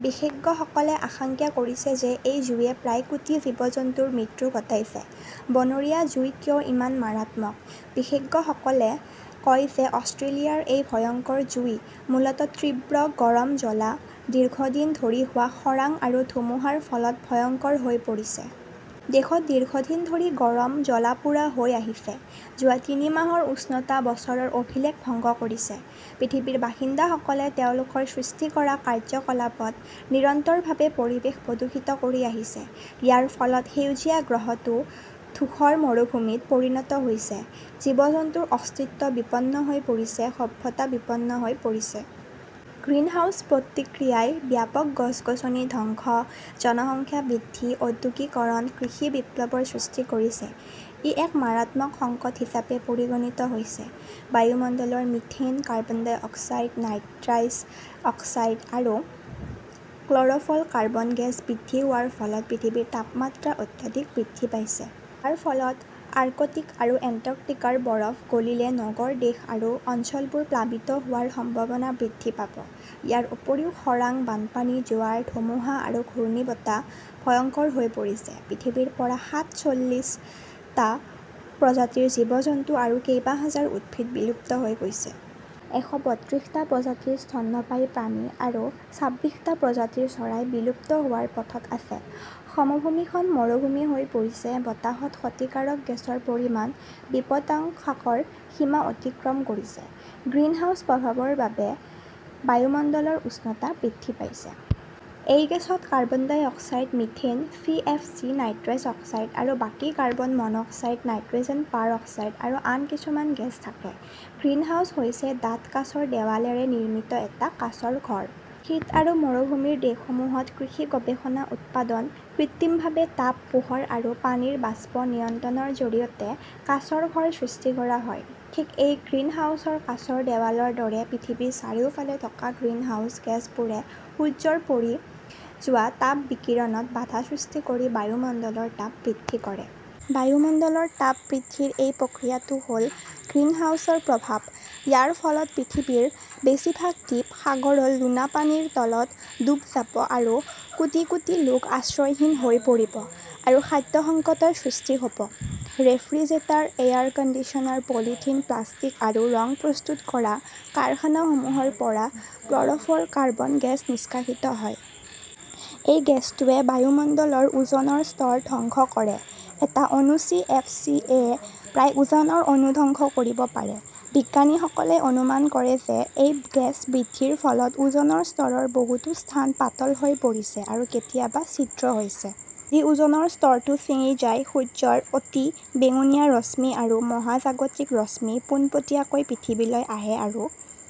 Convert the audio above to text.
বিশেজ্ঞসকলে আশংকা কৰিছে যে এই জুইয়ে প্ৰায় কোটি জীৱ-জন্তুৰ মৃত্যু ঘটাইছে। বনৰীয়া জুই কিয় ইমান মাৰাত্মক? বিশেজ্ঞসকলে কয় যে অষ্ট্ৰেলিয়াৰ এই ভয়ংকৰ জুই মূলতঃ তীব্ৰ গৰম জ্বলা, দীৰ্ঘদিন ধৰি হোৱা খৰাং আৰু ধুমুহাৰ ফলত ভয়ংকৰ হৈ পৰিছে। দেশত দীৰ্ঘদিন ধৰি গৰম জ্বলা-পোৰা হৈ আহিছে। যোৱা তিনি মাহৰ উষ্ণতা বছৰৰ অভিলেখ ভংগ কৰিছে। পৃথিৱীৰ বাসিন্দাসকলে তেওঁলোকৰ সৃষ্টি কৰা কাৰ্যকলাপত নিৰন্তৰভাৱে পৰিৱেশ প্ৰদূষিত কৰি আহিছে। ইয়াৰ ফলত সেউজীয়া গ্ৰহটো ধূসৰ মৰুভূমিত পৰিণত হৈছে, জীৱ-জন্তুৰ অস্তিত্ব বিপন্ন হৈ পৰিছে, সভ্যতা বিপন্ন হৈ পৰিছে। গ্ৰীণহাউছ প্ৰতিক্ৰিয়াই ব্যাপক গছ-গছনি ধ্বংস, জনসংখ্যা বৃদ্ধি, ঔদ্যোগিকৰণ, কৃষি বিপ্লৱৰ সৃষ্টি কৰিছে। ই এক মাৰাত্মক সংকট হিচাপে পৰিগণিত হৈছে। বায়ুমণ্ডলৰ methane, carbon dioxide, nitrous oxide আৰু ক্ল'ৰ'ফ্ল'ৰ কাৰ্বন গেছ বৃদ্ধি হোৱাৰ ফলত পৃথিৱীৰ তাপমাত্ৰা অত্যাধিক বৃদ্ধি পাইছে। ইয়াৰ ফলত আৰ্কটিক আৰু এণ্টাৰ্কটিকাৰ বৰফ গলিলে নগৰ, দেশ আৰু অঞ্চলবোৰ প্লাবিত হোৱাৰ সম্ভাৱনা বৃদ্ধি পাব ।ইয়াৰ উপৰিও খৰাং, বানপানী, জোৱাৰ, ধুমুহা আৰু ঘূৰ্ণীবতাহ ভয়ংকৰ হৈ পৰিছে। পৃথিৱীৰ পৰা সাত চল্লিশ টা প্ৰজাতিৰ জীৱ-জন্তু আৰু কেইবা হাজাৰ উদ্ভিদ বিলুপ্ত হৈ গৈছে। এশ বত্ৰিশ টা প্ৰজাতিৰ স্তন্যপায়ী প্ৰাণী আৰু ছাব্বিশ টা প্ৰজাতিৰ চৰাই বিলুপ্ত হোৱাৰ পথত আছে। সমভূমিখন মৰুভূমি হৈ পৰিছে, বতাহত ক্ষতিকাৰক গেছৰ পৰিমাণ বিপদাংশকৰ সীমা অতিক্ৰম কৰিছে। গ্ৰীণহাউছ প্ৰভাৱৰ বাবে বায়ুমণ্ডলৰ উষ্ণতা বৃদ্ধি পাইছে। এই গেছত carbon dioxide, methane, C. F. C., nitrous oxide আৰু বাকী carbon monoxide, nitrogen peroxide আৰু আন কিছুমান গেছ থাকে। গ্ৰীণহাউছ হৈছে ডাঠ কাঁচৰ দেৱালেৰে নিৰ্মিত এটা কাঁচৰ ঘৰ। শীত আৰু মৰুভূমিৰ দেশসমূহত কৃষি গৱেষণা উৎপাদন কৃত্ৰিমভাৱে তাপ, পোহৰ আৰু পানীৰ বাষ্প নিয়ন্ত্ৰণৰ জৰিয়তে কাঁচৰ ঘৰ সৃষ্টি কৰা হয়। ঠিক এই গ্ৰীণহাউছৰ কাঁচৰ দেৱালৰ দৰে পৃথিৱীৰ চাৰিওফালে থকা গ্ৰীণহাউছ গেছবোৰে সূৰ্যৰ পৰি যোৱা তাপ বিকিৰণত বাধা সৃষ্টি কৰি বায়ুমণ্ডলৰ তাপ বৃদ্ধি কৰে। বায়ুমণ্ডলৰ তাপ বৃদ্ধিৰ এই প্ৰক্ৰিয়াটো হ'ল গ্ৰীণহাউছৰ প্ৰভাৱ। ইয়াৰ ফলত পৃথিৱীৰ বেছিভাগ দ্বীপ সাগৰৰ লোণা পানীৰ তলত ডুব যাব আৰু কোটি কোটি লোক আশ্ৰয়হীন হৈ পৰিব আৰু খাদ্য সংকটৰ সৃষ্টি হ'ব। Refrigerator, air conditioner, polythene, plastic আৰু ৰং প্ৰস্তুত কৰা কাৰখানাসমূহৰ পৰা ক্ল'ৰ'ফ্ল'ৰ কাৰ্বন গেছ নিষ্কাশিত হয়। এই গেছটোৱে বায়ুমণ্ডলৰ ওজনৰ স্তৰ ধ্বংস কৰে। এটা অণু চি. এফ. চি. য়ে প্ৰায় ওজনৰ অণু ধ্বংস কৰিব পাৰে। বিজ্ঞানীসকলে অনুমান কৰিছে যে এই গেছ বৃদ্ধিৰ ফলত ওজনৰ স্তৰৰ বহুতো স্থান পাতল হৈ পৰিছে আৰু কেতিয়াবা ছিদ্ৰ হৈছে। যদি ওজনৰ স্তৰটো ছিঙি যায়, সূৰ্যৰ অতি বেঙুনীয়া ৰশ্মি আৰু মহাজাগতিক ৰশ্মি পোনপটীয়াকৈ পৃথিৱীলৈ আহে আৰু